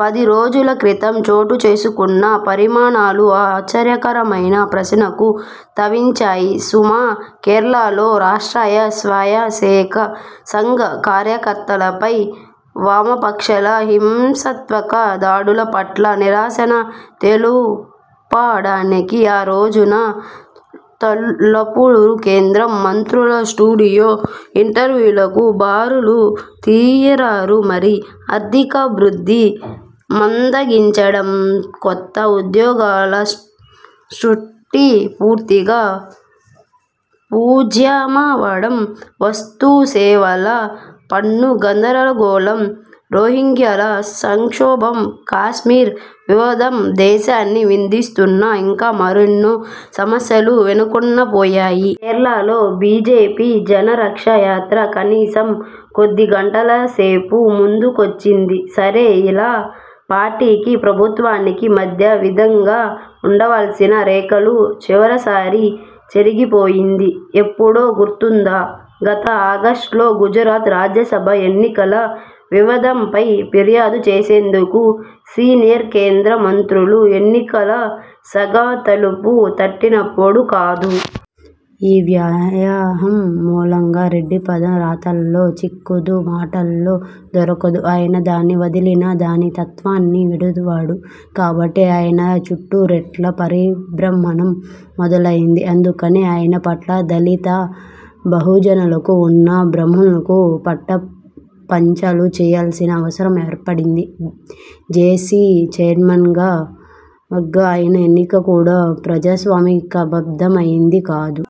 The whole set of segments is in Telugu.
పది రోజుల క్రితం చోటుచేసుకున్న పరిణామాలు ఆ ఆశ్చర్యకరమైన ప్రశ్నకు తవించాయి సుమా! కేరళలో రాష్ట్రీయ స్వయం సేవక్ సంఘ్ కార్యకర్తలపై వామపక్షాల హింసత్మక దాడుల పట్ల నిరసన తెలుపడానికి ఆ రోజున పలువురు కేంద్ర మంత్రులకు స్టూడియో ఇంటర్వ్యూలకు బారులు తీయరారు ఆర్థికాభివృద్ధి మందగించడం, కొత్త ఉద్యోగాల సృష్టి పూర్తిగా పూజ్యమవడం, వస్తుసేవల పన్ను గందరగోళం, రోహింగ్యాల సంక్షోభం, కశ్మీర్ వివాదం దేశాన్ని వేధిస్తున్న ఇంకా మరెన్నో సమస్యలు వెనక్కుపోయాయి. కేరళలో బీజేపీ జన రక్షా యాత్ర కనీసం కొద్దిగంటలసేపు ముందుకొచ్చింది! సరే, ఇలా పార్టీకి, ప్రభుత్వానికి మధ్య విధంగా వుండాల్సిన రేఖలు చివరిసారి చెరిగిపోయింది ఎప్పుడో గుర్తుందా? గత ఆగస్టులో గుజరాత్ రాజ్యసభ ఎన్నికల వివదంపై ఫిర్యాదు చేసేందుకు సీనియర్ కేంద్ర మంత్రులు ఎన్నికల సగ తలుపు తట్టినప్పుడు కాదూ! ఈ వ్యాయాహం మూలంగా రెడ్డి పదరాతల్లో చిక్కదు, మాటల్లో దొరకదు, ఆయన దాన్ని వదిలినా, దాని తత్వాన్ని విడువడు. కాబట్టి ఆయన చుట్టూ రెడ్ల పరిభ్రమణం మొదలైంది. అందుకనే ఆయన పట్ల దళిత, బహుజనులకు ఉన్న భ్రమలను పటాపంచలు చేయాల్సిన అవసరం ఏర్పడింది. జేఏసీ చైర్మన్గా ఆయన ఎన్నిక కూడా ప్రజాస్వామికబద్ధమైంది కాదు.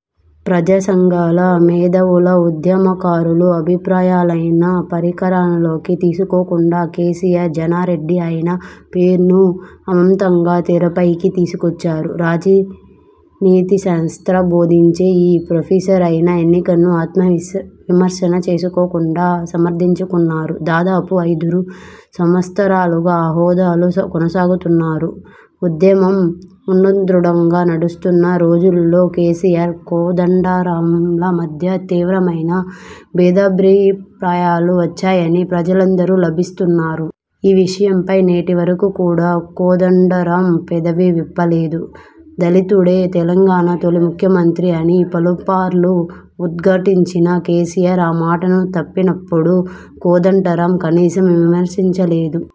ప్రజాసంఘాల, మేధావుల, ఉద్యమకారుల అభిప్రాయా లైనా పరిగణనలోకి తీసుకోకుండా కేసీఆర్, జానారెడ్డి ఆయన పేరును అమoతంగా తెరపైకి తీసుకొచ్చారు. రాజనీతిశాస్త్రం బోధించే ఈ ప్రొఫెసర్ ఆయన ఎన్నికను ఆత్మవిమర్శన చేసుకోకుండా సమర్థించుకున్నారు. దాదాపు ఐదురు సంవత్సరాలుగా ఆ హోదాలో కొనసాగుతున్నారు. ఉద్యమం ఉన్నద్రుడంగా నడుస్తున్న రోజుల్లో కేసీఆర్, కోదండరాంల మధ్య తీవ్రమైన భేదాభిప్రాయాలు వచ్చాయని ప్రజలందరూ లభివిస్తున్నారు. ఈ విషయంపై నేటి వరకూ కూడా కోదండరాం పెదవి విప్పలేదు. దళితుడే తెలంగాణ తొలి ముఖ్యమంత్రి అని పలుపార్లు ఉద్ఘాటించిన కేసీఆర్ ఆ మాటను తప్పినప్పుడు కోదండరాం కనీసం విమర్శించ లేదు.